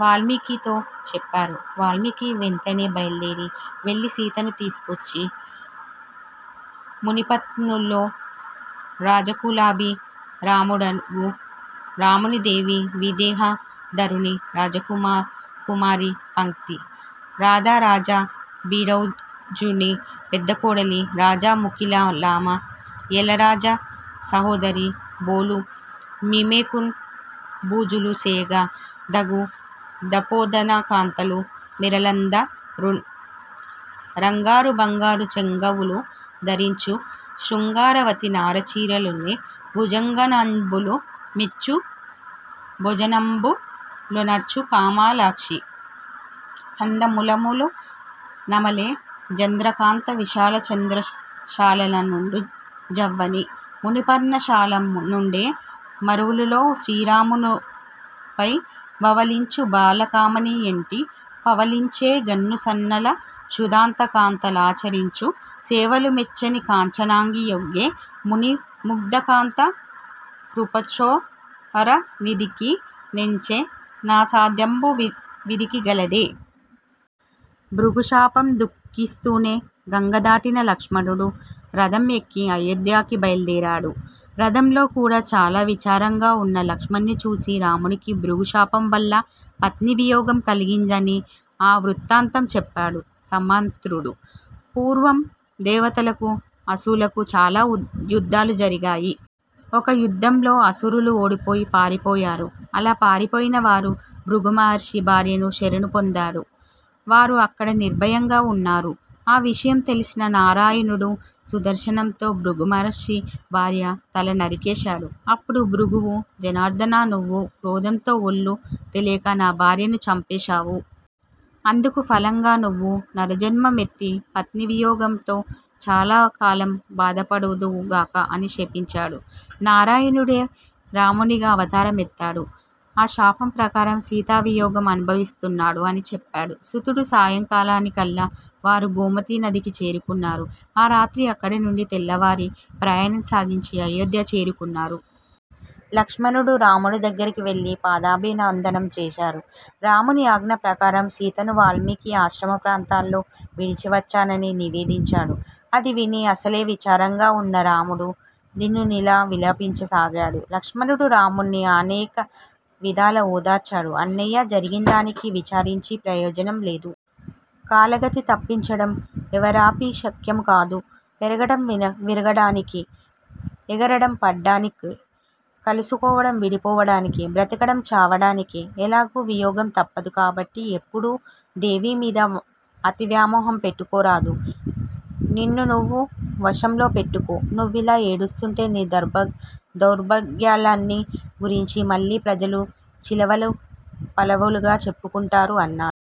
వాల్మీకితో చెప్పారు. వాల్మీకి వెంటనే బైల్దేరి వెళ్లి సీతను తీసుకొని వచ్చి మునిపత్నుల్తో రాజకులాభి రాముడగు రామునిదేవి, విదేహ ధారుణీ రాజకుమారి, పంక్తి రథరాజబిడౌజుని పెద్ద కోడలీ రాజముఖీలలామ, యలరాజ సహోదరి బోలు మీమెకున్ బూజులు సేయగా దగు దపోధనకాంతలు మీరలందరున్ రంగారు బంగారు చెంగావులు ధరించు శృంగారవతి నార చీరలూనె భూజనంబులు మెచ్చు భోజనంబులొనర్చు కమాలాక్షి కందమూలములు నమలె జంద్రకాంత విశాలచంద్రశాలలనుండు జవ్వని మునిపర్ణశాల నుండె మరులుతో శ్రీరాము నురముపై బవళించు బాలకామణి యొంటి పవ్వళించె గన్ను సన్నల శుద్దాంతకాంత లాచ రించు సేవలు మెచ్చని కాంచనాంగి యొగ్గె ముని ముగ్దకాంతా కృతోపచార విధికి నెంచె నసాధ్యంబు విధికి గలదె? భృగుశాపం: దుఃఖిస్తునే గంగ దాటిన లక్ష్మణుడు రథం ఎక్కి అయోధ్యకు బైల్దేరాడు. రథంలో కూడా చాల విచారంగా వున్న లక్ష్మణుణ్ని చూసి రామునికి భృగు శాపం వల్ల పత్నీ వియోగం కలిగిందని ఆ వృత్తాంతం చెప్పాడు సమంత్రుడు. పూర్వం దేవతలకూ అసురులకూ చాలా యుద్దాలు జరిగాయి. ఒక యుద్దంలో అసురులు ఓడిపోయి పారిపోయారు. అలా పారిపోయినవారు భృగు మహర్షి భార్యను శరణు పొందారు. వారు అక్కడ నిర్బయంగా వున్నారు. ఆ విషయం తెలిసిన నారాయణుడు సుదర్శనంతో భృగుమహర్షి భార్య తల నరికేశాడు. అప్పుడు భృగువు జనార్దనా! నువ్వు క్రోధంతో ఒళ్ళు తెలియక నా భార్యను చంపేశావు. అందుకు ఫలంగా నువ్వు నరజన్మం ఎత్తి పత్నీ వియోగంతో చాలాకాలం బాధపడుదువుగాక అని శపించాడు. నారాయణుడే రామునిగా అవతారం ఎత్తాడు. ఆ శాపం ప్రకారం సీతా వియోగం అనుభవిస్తున్నాడు అని చెప్పాడు సూతుడు. సాయంకాలానికల్లా వారు గోమతీ నదికి చేరుకున్నారు. ఆ రాత్రి అక్కడ వుండి తెల్లవారి ప్రయాణం సాగించి అయోధ్య చేరుకొన్నారు. లక్ష్మణుడు రాముని దగ్గరికి వెళ్ళి పాదాభివందనం చేశాడు. రాముని ఆజ్ఞ ప్రకారం సీతను వాల్మీకి ఆశ్రమ ప్రాంతాల్లో విడిచివచ్చానని నివేదించాడు. అది విని అసలే విచారంగా వున్న రాముడు దీనునిలా విలపించసాగాడు. లక్ష్మణుడు రాముణ్ని అనేక విధాల ఓదార్చాడు. అన్నయ్యా! జరిగిందానికి విచారించి ప్రయోజనం లేదు. కాలగతి తప్పించడం ఎవరపి శక్యమూ కాదు. పెరగడం విరగడానికే. ఎగరడం పడ్డానికే. కలుసుకోవడం విడిపోవడానికే. బ్రతకడం చావడానికే. ఎలాగూ వియోగం తప్పదు. కాబట్టి ఎప్పుడూ దేనిమీదా అతి వ్యామోహం పెట్టుకోరాదు. నిన్ను నువ్వు వశంలో పెట్టుకో. నువ్విలా ఏడుస్తుంటే నీ దౌర్భల్యాన్ని గురించి మళ్ళీ ప్రజలు చిలవలు పలవలుగా చెప్పుకుంటారు అన్నాడు.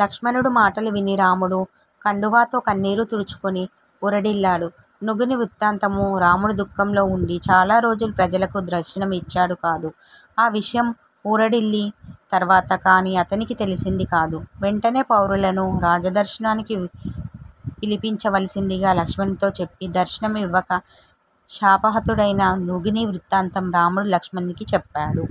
లక్ష్మణుడు మాటలు విని రాముడు కండువాతో కన్నీరు తుడుచుకొని ఊరడిల్లాడు. నృగుని వృత్తాంతము: రాముడు దుఃఖంలో వుండి చాల రోజులు ప్రజలకు దర్శనం ఇచ్చాడు కాడు. ఆ విషయం ఊరడిల్లిం తర్వాత కాని అతనికి తెలిసింది కాదు. వెంటనే పౌరులను రాజదర్శనానికి పిలిపించవలసిందిగా లక్ష్మణునితో చెప్పి దర్శనం ఇవ్వక శాపహతుడైన నృగుని వృత్తాంతం రాముడు లక్ష్మణునికి చెప్పాడు.